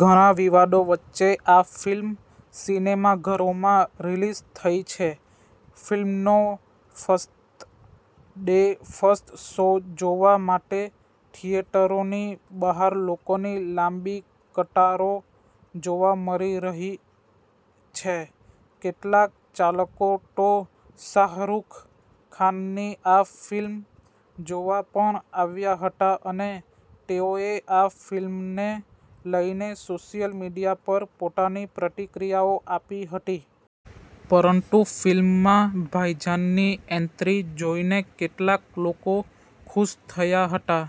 ઘણા વિવાદો વચ્ચે આ ફિલ્મ સિનેમાઘરોમાં રિલીઝ થઈ છે. ફિલ્મનો ફર્સ્ટ ડે ફર્સ્ટ શો જોવા માટે થિયેટરોની બહાર લોકોની લાંબી કતારો જોવા મળી રહી છે. કેટલાક ચાહકો તો શાહરૂખ ખાનની આ ફિલ્મ જોવા પણ આવ્યા હતા અને તેઓએ આ ફિલ્મને લઈને સોશિયલ મીડિયા પર પોતાની પ્રતિક્રિયાઓ આપી હતી. પરંતુ ફિલ્મમાં ભાઈજાનની એન્ટ્રી જોઈને કેટલાક લોકો ખુશ થયા હતા.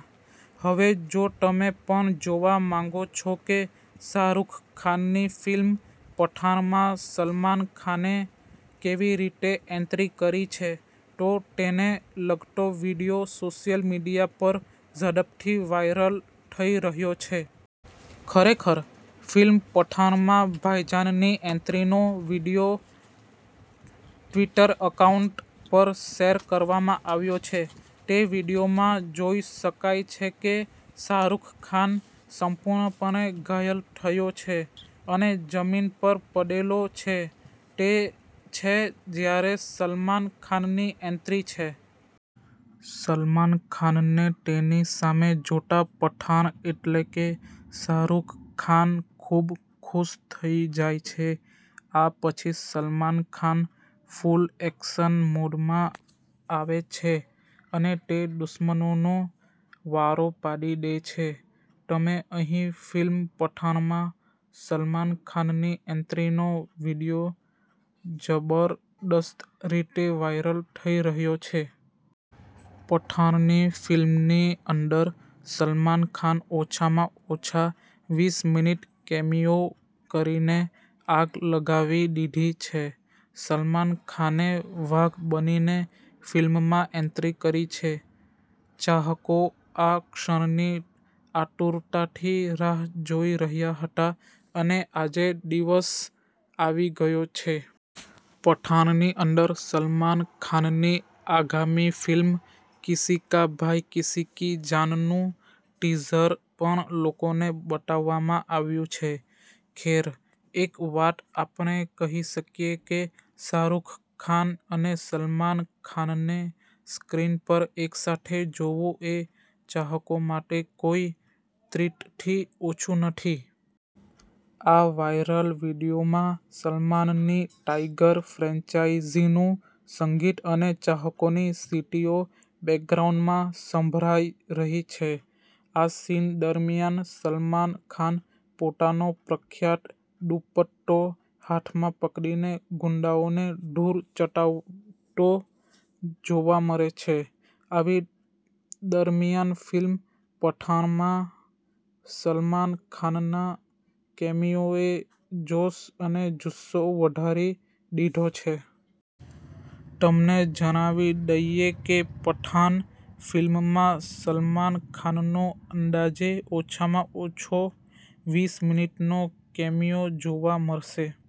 હવે જો તમે પણ જોવા માંગો છો કે શાહરૂખ ખાનની ફિલ્મ પઠાણમાં સલમાન ખાને કેવી રીતે એન્ટ્રી કરી છે, તો તેને લગતો વીડિયો સોશિયલ મીડિયા પર ઝડપથી વાયરલ થઈ રહ્યો છે. ખરેખર, ફિલ્મ પઠણમાં ભાઇજનની એન્ટ્રીનો વિડિઓ ટ્વિટર એકાઉન્ટ પર શેર કરવામાં આવ્યો છે. તે વિડિઓમાં જોઇ શકાય છે કે શાહરૂખ ખાન સંપૂર્ણપણે ઘાયલ થયો છે અને જમીન પર પડેલો છે. તે છે જ્યારે સલમાન ખાનની એન્ટ્રી છે. સલમાન ખાનને તેની સામે જોતા, પઠાણ એટલે કે શાહરૂખ ખાન ખૂબ ખુશ થઈ જાય છે. આ પછી ,સલમાન ખાન ફૂલ એક્શન મોડમાં આવે છે અને તે દુશ્મનોનો વારો પાડી દે છે. તમે અહીં ફિલ્મ પઠાણમાં સલમાન ખાનની એન્ટ્રીનો વિડીયો જબરદસ્ત રીતે વાયરલ થઇ રહ્યો છે. પઠાણની ફિલ્મની અંદર, સલમાન ખાન ઓછામાં ઓછા વીસ મિનિટ કેમિયો કરીને આગ લગાવી દીધી છે. સલમાન ખાને વાઘ બનીને ફિલ્મમાં એન્ટ્રી કરી છે. ચાહકો આ ક્ષણની આતુરતાથી રાહ જોઈ રહ્યા હતા અને આજે દિવસ આવી ગયો છે. પઠાણની અંદર સલમાન ખાનની આગામી ફિલ્મ કિસી કા ભાઈ કિસી કી જાનનું ટીઝર પણ લોકોને બતાવવામાં આવ્યું છે. ખેર, એક વાત આપણે કહી શકીએ કે શાહરૂખ ખાન અને સલમાન ખાનને સ્ક્રીન પર એકસાથે જોવું એ ચાહકો માટે કોઈ ટ્રીટથી ઓછું નથી. આ વાયરલ વિડીયોમાં સલમાનની ટાઈગર ફ્રેન્ચાઈઝીનું સંગીત અને ચાહકોની સીટીઓ બેકગ્રાઉન્ડમાં સંભળાય રહી છે. આ સીન દરમિયાન સલમાન ખાન પોતાનો પ્રખ્યાત દુપટ્ટો હાથમાં પકડીને ગુંડાઓને ધૂળ ચતાડતો જોવા મળે છે. આવી દરમિયાન ફિલ્મ પઠાનમાં સલમાન ખાનના કેમિયોએ જોશ અને જુસ્સો વધારી દીધો છે. તમને જણાવી દઈએ કે પઠાન ફિલ્મમાં સલમાન ખાનનો અંદાજે ઓછામાં ઓછો વીસ મિનિટનો કેમિયો જોવા મળશે.